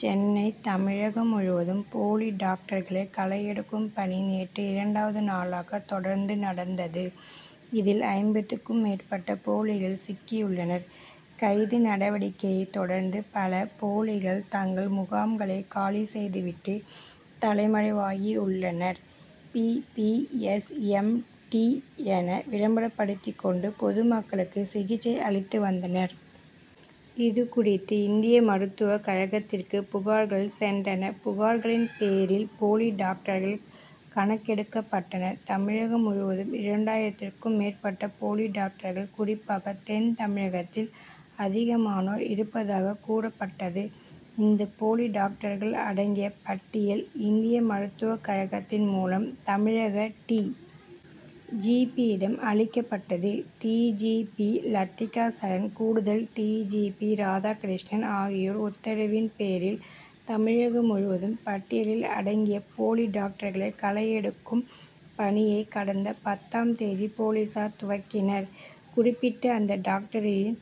சென்னை தமிழகம் முழுவதும் போலி டாக்டர்களை களையெடுக்கும் பணி நேற்று இரண்டாவது நாளாக தொடர்ந்து நடந்தது. இதில், ஐம்பதுக்கும் மேற்பட்ட போலிகள் சிக்கியுள்ளனர். கைது நடவடிக்கையை தொடர்ந்து, பல போலிகள் தங்கள் முகாம்களை காலி செய்துவிட்டு தலைமறைவாகியுள்ளனர். B. B. S., M. D., என விளம்பரப்படுத்திக் கொண்டு பொதுமக்களுக்கு சிகிச்சை அளித்துவந்தனர். இதுகுறித்து, இந்திய மருத்துவ கழகத்திற்கு புகார்கள் சென்றன. புகார்களின் பேரில், போலி டாக்டர்கள் கணக்கெடுக்கப்பட்டனர். தமிழகம் முழுவதும் இரண்டாயிரத்திற்கும் மேற்பட்ட போலி டாக்டர்கள், குறிப்பாக தென் தமிழகத்தில் அதிகமானோர் இருப்பதாக கூறப்பட்டது. இந்த போலி டாக்டர்கள் அடங்கிய பட்டியல், இந்திய மருத்துவக் கழகத்தின் மூலம், தமிழக டி. ஜி. பி.,யிடம் அளிக்கப்பட்டது. D. G. P., Lathika Saran, கூடுதல் டி. ஜி. பி., ராதாகிருஷ்ணன் ஆகியோர் உத்தரவின் பேரில், தமிழகம் முழுவதும் பட்டியலில் அடங்கிய போலி டாக்டர்களை களையெடுக்கும் பணியை, கடந்த பத்தாம் தேதி போலீசார் துவக்கினர். குறிப்பிட்ட அந்த டாக்டரின்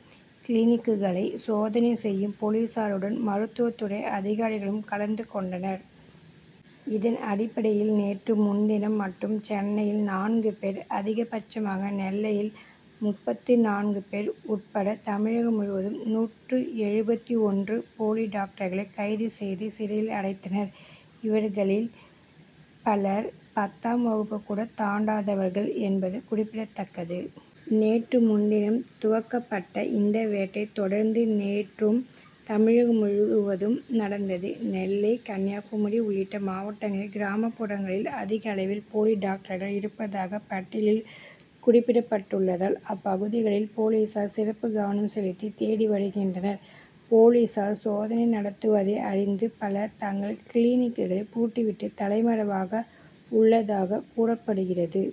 கிளினிக்குகளை சோதனை செய்யும் போலீசாருடன், மருத்துவத் துறை அதிகாரிகளும் கலந்து கொண்டனர். இதன் அடிப்படையில் நேற்று முன்தினம் மட்டும் சென்னையில் நான்கு பேர், அதிகபட்சமாக நெல்லையில் முப்பத்து நான்கு பேர் உட்பட தமிழகம் முழுவதும் நூற்று எழுபத்து ஒன்று போலி டாக்டர்களை கைது செய்து சிறையில் அடைத்தனர். இவர்களில் பலர் பத்தாம் வகுப்பு கூட தாண்டாதவர்கள் என்பது குறிப்பிடத்தக்கது. நேற்று முன்தினம் துவக்கப்பட்ட இந்த வேட்டை, தொடர்ந்து நேற்றும் தமிழகம் முழுவதும் நடந்தது. நெல்லை, கன்னியாகுமரி உள்ளிட்ட மாவட்டங்களில் கிராமப்புறங்களில் அதிகளவில் போலி டாக்டர்கள் இருப்பதாக பட்டியலில் குறிப்பிட்டுள்ளதால், அப்பகுதிகளில் போலீசார் சிறப்பு கவனம் செலுத்தி தேடி வருகின்றனர். போலீசார் சோதனை நடத்துவதை அறிந்து பலர், தங்கள் கிளினிக்குகளை பூட்டிவிட்டு, தலைமறைவாக உள்ளதாக கூறப்படுகிறது.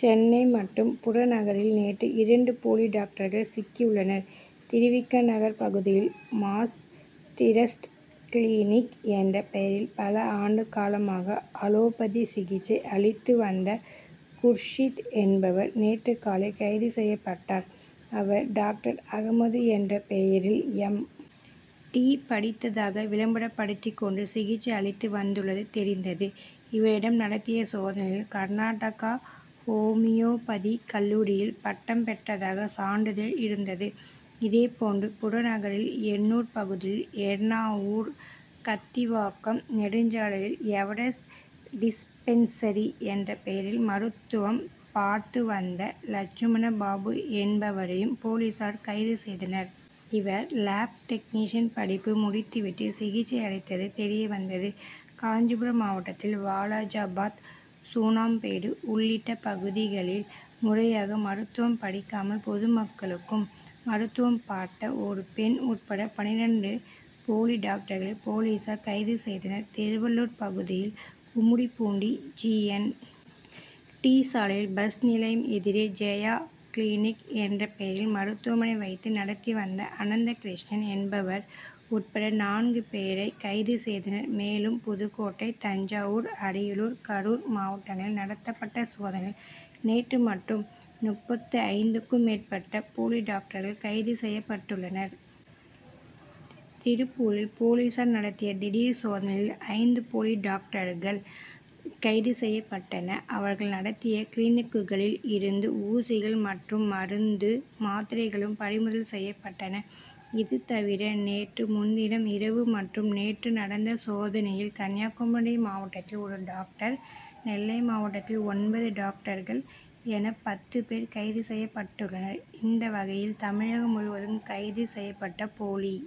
சென்னை மற்றும் புறநகரில் நேற்று இரண்டு போலி டாக்டர்கள் சிக்கியுள்ளனர். திரு. வி. க., நகர் பகுதியில் மாஸ் டிரஸ்ட் கிளினிக் என்ற பெயரில் பல ஆண்டு காலமாக அலோபதி சிகிச்சை அளித்து வந்த குர்ஷித் என்பவர், நேற்று காலை கைது செய்யப்பட்டார். அவர், டாக்டர் அகமது என்ற பெயரில் எம். டி., படித்ததாக விளம்பரப்படுத்திக் கொண்டு சிகிச்சை அளித்து வந்துள்ளது தெரிந்தது. இவரிடம் நடத்திய சோதனையில், கர்நாடகா ஓமியோபதி கல்லூரியில் பட்டம் பெற்றதாக சான்றிதழ் இருந்தது. இதே போன்று, புறநகரில் எண்ணூர் பகுதியில் எர்ணாவூர், கத்திவாக்கம் நெடுஞ்சாலையில் எவரெஸ்ட் டிஸ்பென்சரி என்ற பெயரில் மருத்துவம் பார்த்துவந்த லட்சுமண பாபு என்பவரையும் போலீசார் கைது செய்தனர். இவர், லேப்டெக்னீஷியன் படிப்பு முடித்துவிட்டு, சிகிச்சை அளித்தது தெரியவந்தது. காஞ்சிபுரம் மாவட்டத்தில் வாலாஜாபாத், சூணாம்பேடு உள்ளிட்ட பகுதிகளில் முறையாக மருத்துவம் படிக்காமல் பொதுமக்களுக்கு மருத்துவம் பார்த்த ஒரு பெண் உட்பட பன்னிரண்டு போலி டாக்டர்களை, போலீசார் கைது செய்தனர். திருவள்ளூர் பகுதியில் கும்மிடிப்பூண்டி ஜி. என். டி., சாலையில் பஸ் நிலையம் எதிரே ஜெயா கிளினிக் என்ற பெயரில் மருத்துவமனை வைத்து நடத்தி வந்த அனந்தகிருஷ்ணன் என்பவர் உட்பட நான்கு பேரை கைது செய்தனர். மேலும் புதுக்கோட்டை, தஞ்சாவூர், அரியலூர், கரூர் மாவட்டங்களில் நடத்தப்பட்ட சோதனையில் நேற்று மட்டும் முப்பத்தைந்துக்கும் மேற்பட்ட போலி டாக்டர்கள் கைது செய்யப்பட்டுள்ளனர். திருப்பூரில் போலீசார் நடத்திய திடீர் சோதனையில், ஐந்து போலி டாக்டர்கள் கைது செய்யப்பட்டனர். அவர்கள் நடத்திய கிளினிக்குகளில் இருந்த ஊசிகள் மற்றும் மருந்து, மாத்திரைகளும் பறிமுதல் செய்யப்பட்டன. இது தவிர நேற்று முன்தினம் இரவு மற்றும் நேற்று நடந்த சோதனையில் கன்னியாகுமரி மாவட்டத்தில் ஒரு டாக்டர், நெல்லை மாவட்டத்தில் ஒன்பது டாக்டர்கள் என பத்து பேர் கைது செய்யப்பட்டுள்ளனர். இந்த வகையில் தமிழகம் முழுவதும் கைது செய்யப்பட்ட போலி